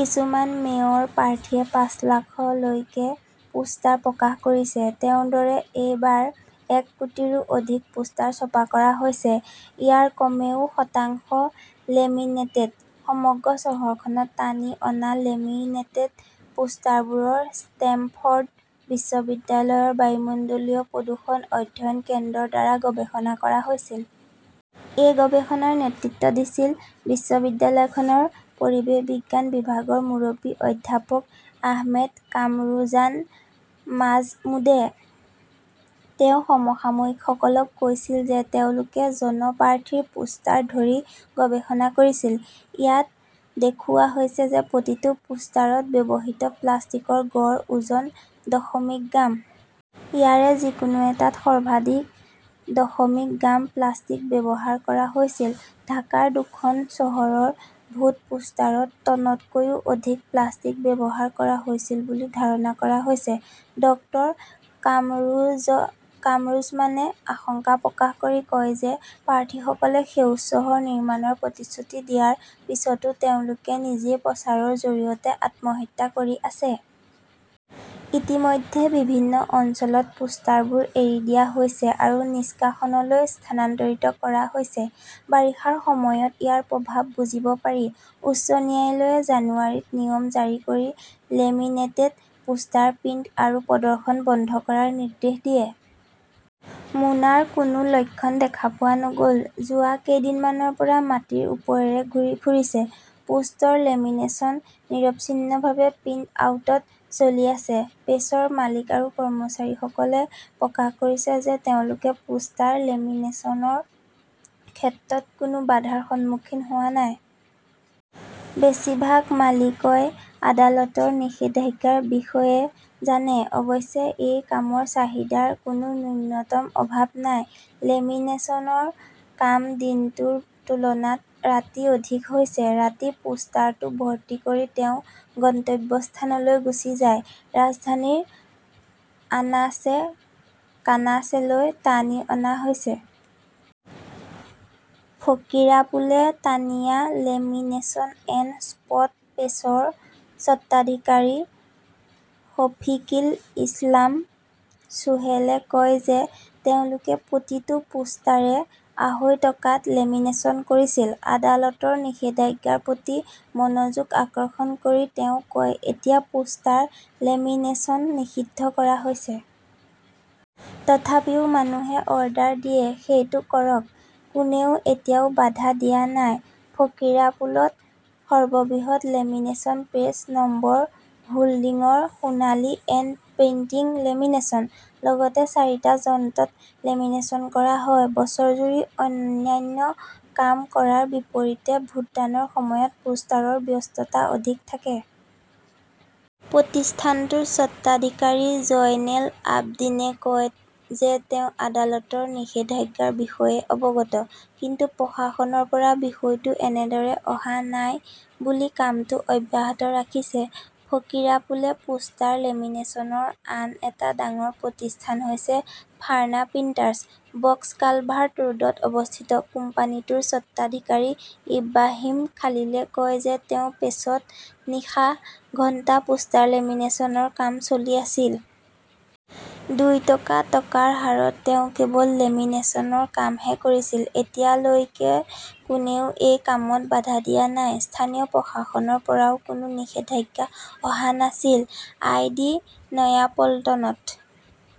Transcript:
কিছুমান মেয়ৰ প্ৰাৰ্থীয়ে পাঁচ লাখলৈকে পোষ্টাৰ প্ৰকাশ কৰিছে। তেওঁৰ দৰে, এইবাৰ এক কোটিৰো অধিক পোষ্টাৰ ছপা কৰা হৈছে। ইয়াৰ কমেও শতাংশ লেমিনেটেড। সমগ্ৰ চহৰখনত টানি অনা লেমিনেটেড পোষ্টাৰবোৰ ষ্টেমফৰ্ড বিশ্ববিদ্যালয়ৰ বায়ুমণ্ডলীয় প্ৰদূষণ অধ্যয়ন কেন্দ্ৰ ৰ দ্বাৰা গৱেষণা কৰা হৈছিল। এই গৱেষণাৰ নেতৃত্ব দিছিল বিশ্ববিদ্যালয়খনৰ পৰিৱেশ বিজ্ঞান বিভাগৰ মুৰব্বী অধ্যাপক আহমেদ কামৰুজান মাজমুদ্ৰে। তেওঁ সমসাময়িকসকলক কৈছিল যে তেওঁলোকে জন প্ৰাৰ্থীৰ পোষ্টাৰ ধৰি গৱেষণা কৰিছিল। ইয়াত দেখুওৱা হৈছে যে প্ৰতিটো পোষ্টাৰত ব্যৱহৃত প্লাষ্টিকৰ গড় ওজন দশমিক গ্ৰাম। ইয়াৰে যিকোনো এটাত সৰ্বাধিক দশমিক গ্ৰাম প্লাষ্টিক ব্যৱহাৰ কৰা হৈছিল। ঢাকাৰ দুখন চহৰৰ ভোট পোষ্টাৰত টনতকৈও অধিক প্লাষ্টিক ব্যৱহাৰ কৰা হৈছিল বুলি ধাৰণা কৰা হৈছে। ডক্টৰ কামৰুজ্জমানে আশংকা প্ৰকাশ কৰি কয় যে প্ৰাৰ্থীসকলে সেউজ চহৰ নিৰ্মাণৰ প্ৰতিশ্ৰুতি দিয়াৰ পিছতো তেওঁলোকে নিজেই প্ৰচাৰৰ জৰিয়তে আত্মহত্যা কৰি আছে। ইতিমধ্যে বিভিন্ন অঞ্চলত পোষ্টাৰবোৰ এৰি দিয়া হৈছে আৰু নিষ্কাশনলৈ স্থানান্তৰিত কৰা হৈছে। বাৰিষাৰ সময়ত ইয়াৰ প্ৰভাৱ বুজিব পাৰি। উচ্চ ন্যায়ালয়ে জানুৱাৰীত নিয়ম জাৰি কৰি লেমিনেটেড পোষ্টাৰৰ প্ৰিণ্ট আৰু প্ৰদৰ্শন বন্ধ কৰাৰ নিৰ্দেশ দিয়ে। মোনাৰ কোনো লক্ষণ দেখা পোৱা নগ’ল। যোৱা কেইদিনমানৰ পৰা মাটিৰ ওপৰেৰে ঘূৰি ফুৰিছে, পোষ্টৰ লেমিনেশ্যন নিৰবিচ্ছিন্নভাৱে প্ৰিণ্ট আউটত চলি আছে। প্ৰেছৰ মালিক আৰু কৰ্মচাৰীসকলে প্ৰকাশ কৰিছে যে তেওঁলোকে পোষ্টাৰ লেমিনেচনৰ ক্ষেত্ৰত কোনো বাধাৰ সন্মুখীন হোৱা নাই। বেছিভাগ মালিকই আদালতৰ নিষেধাজ্ঞাৰ বিষয়ে জানে। অৱশ্যে, এই কামৰ চাহিদাৰ কোনো ন্যূনতম অভাৱ নাই। লেমিনেচনৰ কাম দিনটোৰ তুলনাত ৰাতি অধিক হৈছে। ৰাতি পোষ্টাৰটো ভৰ্তি কৰি তেওঁ গন্তব্যস্থানলৈ গুচি যায়। ৰাজধানীৰ আনাচে-কানাচেলৈ টানি অনা হৈছে।, ফকীৰাপুলে তানিয়া লেমিনেচন এণ্ড স্পট প্ৰেছৰ স্বত্বাধিকাৰী শফিকিল ইছলাম চোহেলে কয় যে তেওঁলোকে প্ৰতিটো পোষ্টাৰে আঢ়ৈ টকাত লেমিনেচন কৰিছিল। আদালতৰ নিষেধাজ্ঞাৰ প্ৰতি মনোযোগ আকৰ্ষণ কৰি তেওঁ কয়, এতিয়া পোষ্টাৰ লেমিনেচন নিষিদ্ধ কৰা হৈছে। তথাপিও মানুহে অৰ্ডাৰ দিয়ে, সেইটো কৰক। কোনেও এতিয়াও বাধা দিয়া নাই। 'ফকীৰাপুলত সৰ্ববৃহৎ লেমিনেচন প্ৰেছ নম্বৰ হোল্ডিংৰ' সোণালী এণ্ড প্ৰিণ্টিং লেমিনেচন । লগতে চাৰিটা যন্ত্ৰত লেমিনেচন কৰা হয়। বছৰজুৰি অন্যান্য কাম কৰাৰ বিপৰীতে ভোটদানৰ সময়ত পোষ্টাৰৰ ব্যস্ততা অধিক থাকে। প্ৰতিষ্ঠানটোৰ স্বত্বাধিকাৰী জয়নেল আবদীনে কয় যে তেওঁ আদালতৰ নিষেধাজ্ঞাৰ বিষয়ে অৱগত। কিন্তু প্ৰশাসনৰ পৰা বিষয়টো এনেদৰে অহা নাই বুলি কামটো অব্যাহত ৰাখিছে। ফকীৰাপুলে পোষ্টাৰ লেমিনেচনৰ আন এটা ডাঙৰ প্ৰতিষ্ঠান হৈছে ফাৰ্না প্ৰিণ্টাৰ্ছ। বক্স কালভাৰ্ট ৰোডত অৱস্থিত কোম্পানীটোৰ স্বত্বাধিকাৰী ইব্ৰাহিম খালিলে কয় যে তেওঁৰ প্ৰেছত নিশা ঘণ্টা পোষ্টাৰ লেমিনেচনৰ কাম চলি আছিল। দুই টকা টকাৰ হাৰত তেওঁ কেৱল লেমিনেচনৰ কামহে কৰিছিল। এতিয়ালৈকে কোনেও এই কামত বাধা দিয়া নাই। স্থানীয় প্ৰশাসনৰ পৰাও কোনো নিষেধাজ্ঞা অহা নাছিল। আই. ডি. নয়াপল্টনত